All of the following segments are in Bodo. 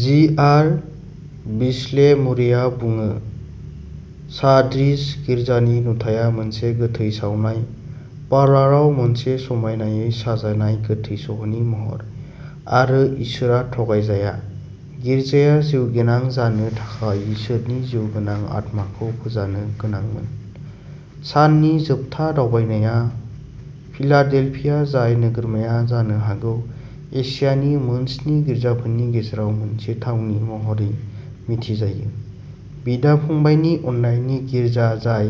जि आर बिस्ले मुरेआ बुङो सार्डिस गिर्जानि नुथाया मोनसे गोथै सावनाय पार्लाराव मोनसे समायनायै साजायनाय गोथै सह'नि महर आरो इसोरआ थगायजाया। गिर्जाया जिउगोनां जानो थाखाय इसोरनि जिउगोनां आत्माखौ फोजानो गोनांमोन। साननि जोबथा दावबायनाया फिलाडेल्फिया जाय नोगोरमाया जानो हागौ एशियानि मोनस्नि गिर्जाफोरनि गेजेराव मोनसे थावनि महरै मिथिजायो बिदा फंबायनि अननायनि गिर्जा जाय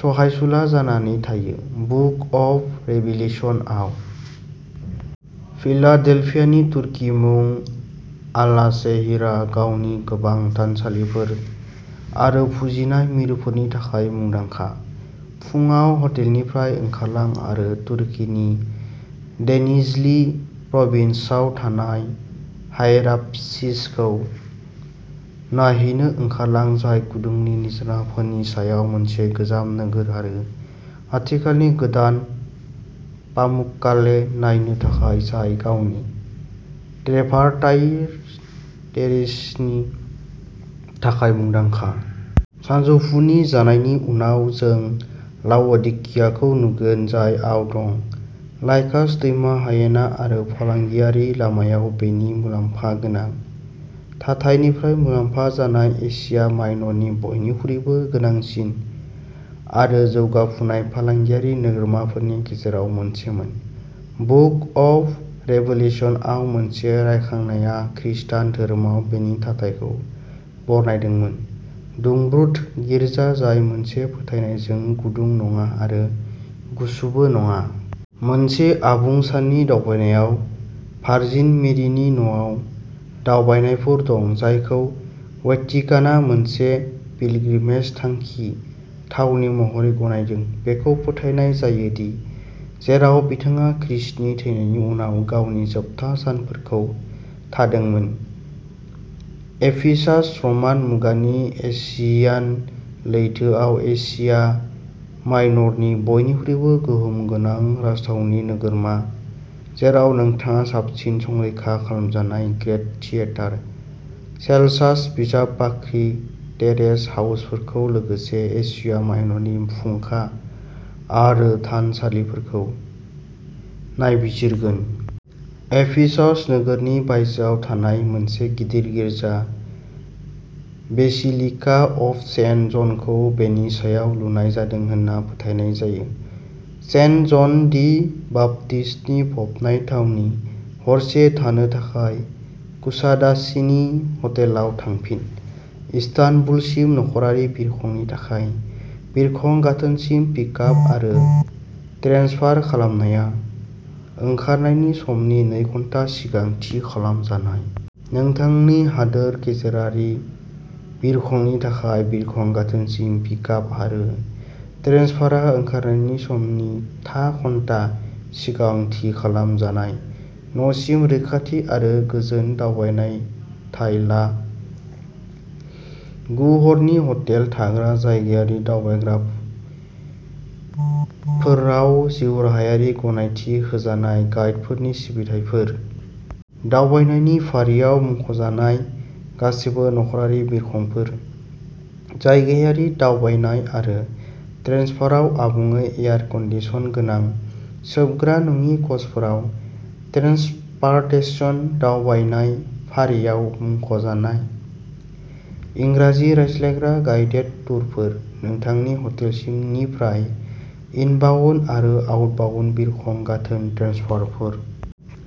सहायसुला जानानै थायो बुक अफ रेभिलेशन आव। फिलाडेल्फियानि तुर्की मुं आलासेहिरआ गावनि गोबां थानसालिफोर आरो फुजिनाय मिरुफोरनि थाखाय मुंदांखा। फुंआव हटेलनिफ्राय ओंखारलां आरो तुर्कीनि डेनिज्लि प्रभिन्सआव थानाय हायेरापलिसखौ नायहैनो ओंखारलां जाय गुदुं निजोराफोरनि सायाव मोनसे गोजाम नोगोर आरो खाथिखालानि गोदान पामुक्काले नायनो थाखाय जाय गावनि ट्रेभारटाइन टेरेसनि थाखाय मुंदांखा। सानजौफुनि जानायनि उनाव जों लाव'डिकियाखौ नुगोन जाय आव दं। लाइकास दैमा हायेना आरो फालांगियारि लामायाव बेनि मुलाम्फागोनां थाथायनिफ्राय मुलाम्फा जानाय एसिया माइनरनि बयनिख्रुइबो गोनांसिन आरो जौगाफुनाय फालांगियारि नोगोरमाफोरनि गेजेराव मोनसेमोन। बुक अफ रेभेलेशनआव मोनसे रायखांनाया खृस्टान धोरोमाव बेनि थाथायखौ बरनायदोंमोन दुंब्रुद'गिर्जा जाय मोनसे फोथायनायजों गुदुं नङा आरो गुसुबो नङा। मोनसे आबुं साननि दावबायनायाव भार्जिन मेरिनि न'आव दावबायनायफोर दं जायखौ वेटिकानआ मोनसे पिल्ग्रमेज थांखि थावनि महरै गनायदों बेखौ फोथायनाय जायो दि जेराव बिथाङा खृष्टनि थैनायनि उनाव गावनि जोबथा सानफोरखौ थादोंमोन। एफिसास रमान मुगानि एजियान लैथोआव एसिया माइनरनि बयनिख्रुइबो गोहोम गोनां राजथावनि नोगोरमा जेराव नोंथाङा साबसिन संरैखा खालामजानाय ग्रेत थियेटार सेल्सास बिजाब बाख्रि टेरेस हाउसफोरजों लोगोसे एसिया माइनरनि फुंखा आरो थानसालिफोरखौ नायबिजिरगोन। एफिसास नोगोरनि बायजोआव थानाय मोनसे गिदिर गिर्जा बेसिलिका अफ सेन्ट जनखौ बेनि सायाव लुनाय जादों होनना फोथायनाय जायो। सेन्ट जन दि बाप्तिस्तनि फबनाय थावनि। हरसे थानो थाखाय कुसादासिनि हटेलाव थांफिन। इस्तानबुलसिम नखरारि बिरखंनि थाखाय बिरखं गाथोनसिम पिकआप आरो ट्रेन्सफार खालामनाया ओंखारनायनि समनि नै घन्टा सिगां थि खालाम जानाय। नोंथांनि हादोर गेजेरारि बिरखंनि थाखाय बिरखं गाथोनसिम पिकआप आरो ट्रेन्सफारआ ओंखारनायनि समनि था घन्टा सिगां थि खालाम जानाय। न'सिम रैखाथि आरो गोजोन दावबायथाय ला। गु हरनि हटेल थाग्रा। जायगायारि दावबायनायफोराव जिउराहायारि गनायथि होजानाय गाइडफोरनि सिबिथाइफोर। दावबायनायनि फारियाव मुंख'जानाय गासैबो नखरारि बिरखंफोर। जायगायारि दावबायनाय आरो ट्रेन्सफाराव आबुङै एयार कन्डिसन गोनां सोबग्रा नङि कचफोराव ट्रेन्सपारतेसन। दावबायनाय फारियाव मुंख'नाय इंराजि रायज्लायग्रा गाइडेड टुरफोर। नोंथांनि हटेलसिम निफ्राय इनबाउन्ड आरो आउटबाउन्ड बिरखं गाथोन ट्रेन्सफारफोर।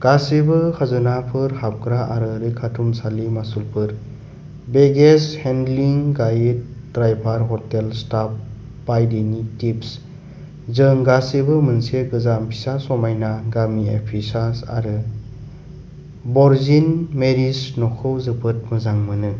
गासैबो खाजोनाफोर हाबग्रा आरो रैखाथुमसालि मासुलफोर baggage handling. Guide driver hotel staff बायदिनि टिप्स। जों गासैबो मोनसे गोजाम फिसा समायना गामि एफिसास आरो वर्जिन मेरिस न'खौ जोबोद मोजां मोनो।